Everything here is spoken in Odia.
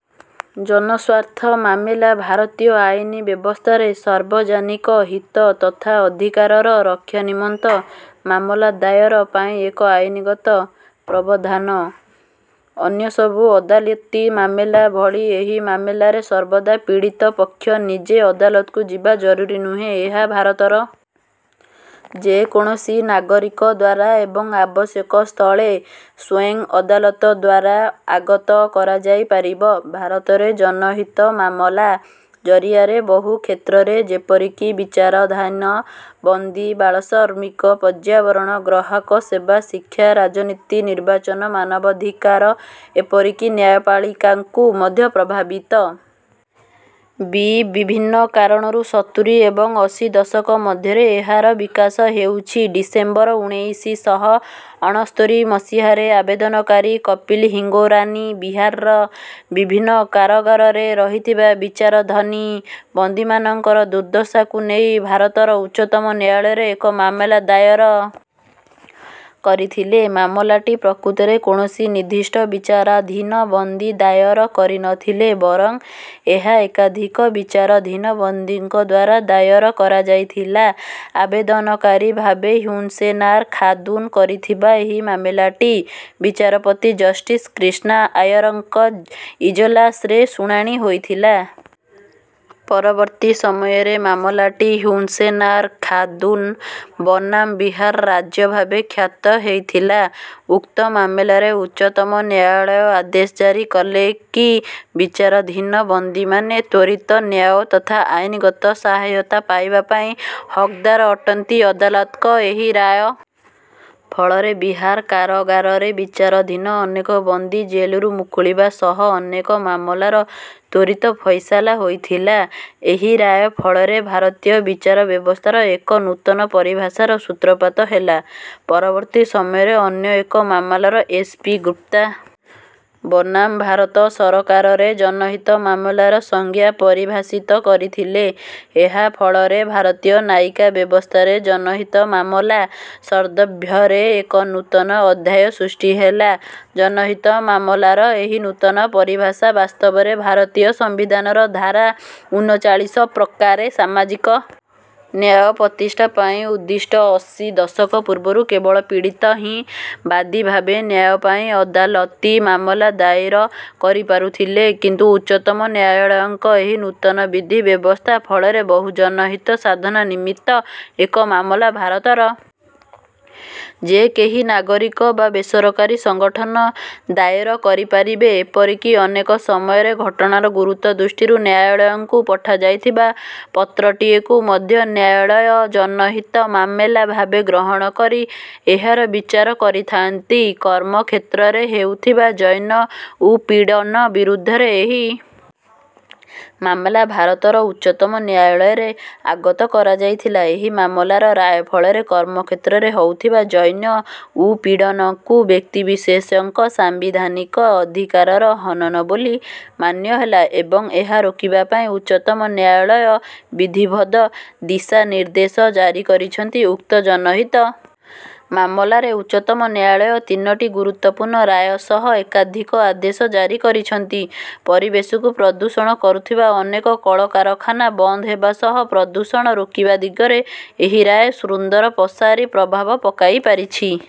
ଜନସ୍ୱାର୍ଥ ମାମେଲା ଭାରତୀୟ ଆଇନ ବ୍ୟବସ୍ଥାରେ ସର୍ବଜନିକ ହିତ ତଥା ଅଧିକାରର ରକ୍ଷା ନିମିନ୍ତ ମାମଲା ଦାୟର ପାଇଁ ଏକ ଆଇନଗତ ପ୍ରାବଧାନ ଅନ୍ୟସବୁ ଅଦାଲତି ମାମଲା ଭଳି ଏହି ମାମଲାରେ ସର୍ବଦା ପୀଡ଼ିତ ପକ୍ଷ ନିଜେ ଅଦାଲତକୁ ଯିବା ଜରୁରୀ ନୁହେଁ ଏହା ଭାରତର ଯେ କୌଣସି ନାଗରିକ ଦ୍ୱାରା ଏବଂ ଆବଶ୍ୟକ ସ୍ଥଳେ ସ୍ୱୟଂ ଅଦାଲତ ଦ୍ୱାରା ଆଗତ କରାଯାଇପାରିବ ଭାରତରେ ଜନହିତ ମାମଲା ଜରିଆରେ ବହୁ କ୍ଷେତ୍ରରେ ଯେପରିକି ବିଚାରାଧାନ ବନ୍ଦୀ ବାଳଶ୍ରମିକ ପର୍ଯ୍ୟାବରଣ ଗ୍ରାହକ ସେବା ଶିକ୍ଷା ରାଜନୀତି ନିର୍ବାଚନ ମାନବାଧିକାର ଏପରିକି ନ୍ୟାୟପାଳିକାଙ୍କୁ ମଧ୍ୟ ପ୍ରଭାବିତ ବି ବିଭିନ୍ନ କାରଣରୁ ସତୁରୀ ଏବଂ ଅଶୀ ଦଶକ ମଧ୍ୟରେ ଏହାର ବିକାଶ ହେଉଛି ଡିସେମ୍ବର ଉଣେଇଶ ଶହ ଅଣସ୍ତରି ମସିହାରେ ଆବେଦନକାରୀ କପିଲ ହିଙ୍ଗୋରାନୀ ବିହାରର ବିଭିନ୍ନ କାରାଗାରରେ ରହିଥିବା ବିଚାରାଧୀନ ବନ୍ଦୀମାନଙ୍କର ଦୁର୍ଦ୍ଦଶାକୁ ନେଇ ଭାରତର ଉଚ୍ଚତମ ନ୍ୟାୟାଳୟରେ ଏକ ମାମଲା ଦାୟର କରିଥିଲେ ମାମଲାଟି ପ୍ରକୃତରେ କୌଣସି ନିର୍ଦ୍ଦିଷ୍ଟ ବିଚାରାଧୀନ ବନ୍ଦୀ ଦାୟର କରି ନ ଥିଲେ ବରଂ ଏହା ଏକାଧିକ ବିଚାରାଧୀନ ବନ୍ଦୀଙ୍କ ଦ୍ୱାରା ଦାୟର କରାଯାଇଥିଲା ଆବେଦନକାରୀ ଭାବେ ହୁସେନ୍ନାରା ଖାତୁନ କରିଥିବା ଏହି ମାମଲାଟି ବିଚାରପତି ଜଷ୍ଟିସ କ୍ରିଷ୍ଣା ଆୟାରଙ୍କ ଇଜଲାସରେ ଶୁଣାଣି ହୋଇଥିଲା ପରବର୍ତ୍ତୀ ସମୟରେ ମାମଲାଟି ହୁସେନ୍ନାରା ଖାତୁନ ବନାମ ବିହାର ରାଜ୍ୟ ଭାବେ ଖ୍ୟାତ ହୋଇଥିଲା ଉକ୍ତ ମାମଲାରେ ଉଚ୍ଚତମ ନ୍ୟାୟାଳୟ ଆଦେଶ ଜାରି କଲେ କି ବିଚାରାଧୀନ ବନ୍ଦୀମାନେ ତ୍ୱରିତ ନ୍ୟାୟ ତଥା ଆଇନଗତ ସହାୟତା ପାଇବା ପାଇଁ ହକଦାର ଅଟନ୍ତି ଅଦାଲତଙ୍କ ଏହି ରାୟ ଫଳରେ ବିହାର କାରାଗାରରେ ବିଚାରାଧୀନ ଅନେକ ବନ୍ଦୀ ଜେଲରୁ ମୁକୁଳିବା ସହ ଅନେକ ମାମଲାର ତ୍ୱରିତ ଫୈସଲା ହୋଇଥିଲା ଏହି ରାୟ ଫଳରେ ଭାରତୀୟ ବିଚାର ବ୍ୟବସ୍ଥାରେ ଏକ ନୂତନ ପରିଭାଷାର ସୂତ୍ରପାତ ହେଲା ପରବର୍ତ୍ତୀ ସମୟରେ ଅନ୍ୟ ଏକ ମାମଲା ଏସ୍ ପି ଗୁପ୍ତା ବନାମ ଭାରତ ସରକାରରେ ଜନହିତ ମାମଲାର ସଂଜ୍ଞା ପରିଭାଷିତ କରିଥିଲେ ଏହା ଫଳରେ ଭାରତୀୟ ନ୍ୟାୟିକା ବ୍ୟବସ୍ଥାରେ ଜନହିତ ମାମଲା ସଦର୍ଭୟରେ ଏକ ନୂତନ ଅଧ୍ୟାୟ ସୃଷ୍ଟି ହେଲା ଜନହିତ ମାମଲାର ଏହି ନୂତନ ପରିଭାଷା ବାସ୍ତବରେ ଭାରତୀୟ ସମ୍ବିଧାନର ଧାରା ଉନଚାଳିଶ ପ୍ରକାରେ ସାମାଜିକ ନ୍ୟାୟ ପ୍ରତିଷ୍ଠା ପାଇଁ ଉଦ୍ଦିଷ୍ଟ ଅଶୀ ଦଶକ ପୂର୍ବରୁ କେବଳ ପୀଡ଼ିତ ହିଁ ବାଦୀ ଭାବେ ନ୍ୟାୟ ପାଇଁ ଅଦାଲତି ମାମଲା ଦାୟର କରିପାରୁଥିଲେ କିନ୍ତୁ ଉଚ୍ଚତମ ନ୍ୟାୟାଳୟଙ୍କ ଏହି ନୂତନ ବିଧି ବ୍ୟବସ୍ଥା ଫଳରେ ବହୁଜନ ହିତ ସାଧନା ନିମିତ୍ତ ଏକ ମାମଲା ଭାରତର ଯେ କେହି ନାଗରିକ ବା ବେସରକାରୀ ସଂଗଠନ ଦାୟର କରିପାରିବେ ଏପରିକି ଅନେକ ସମୟରେ ଘଟଣାର ଗୁରୁତ୍ୱ ଦୃଷ୍ଟିରୁ ନ୍ୟାୟାଳୟଙ୍କୁ ପଠାଯାଇଥିବା ପତ୍ରଟିଏକୁ ମଧ୍ୟ ନ୍ୟାୟାଳୟ ଜନହିତ ମାମେଲା ଭାବେ ଗ୍ରହଣ କରି ଏହାର ବିଚାର କରିଥାଆନ୍ତି କର୍ମକ୍ଷେତ୍ରରେ ହେଉଥିବା ଜୈ ନ ଉତ୍ପୀଡ଼ନ ବିରୁଦ୍ଧରେ ଏହି ମାମଲା ଭାରତର ଉଚ୍ଚତମ ନ୍ୟାୟାଳୟରେ ଆଗତ କରାଯାଇଥିଲା ଏହି ମାମଲାର ରାୟ ଫଳରେ କର୍ମକ୍ଷେତ୍ରରେ ହେଉଥିବା ଯୌନ ଉପିଡ଼ନକୁ ବ୍ୟକ୍ତିବିଶେଷଙ୍କ ସାମ୍ବିଧାନିକ ଅଧିକାରର ହନନ ବୋଲି ମାନ୍ୟ ହେଲା ଏବଂ ଏହା ରୋକିବା ପାଇଁ ଉଚ୍ଚତମ ନ୍ୟାୟାଳୟ ବିଧିବଦ୍ଧ ଦିଶାନିର୍ଦ୍ଦେଶ ଜାରି କରିଛନ୍ତି ଉକ୍ତ ଜନହିତ ମାମଲାରେ ଉଚ୍ଚତମ ନ୍ୟାୟାଳୟ ତିନୋଟି ଗୁରୁତ୍ୱପୂର୍ଣ୍ଣ ରାୟ ସହ ଏକାଧିକ ଆଦେଶ ଜାରି କରିଛନ୍ତି ପରିବେଶକୁ ପ୍ରଦୂଷଣ କରୁଥିବା ଅନେକ କଳକାରଖାନା ବନ୍ଦ ହେବା ସହ ପ୍ରଦୂଷଣ ରୋକିବା ଦିଗରେ ଏହି ରାୟ ସୁନ୍ଦ ରପ୍ରସାରୀ ପ୍ରଭାବ ପକାଇପାରିଛି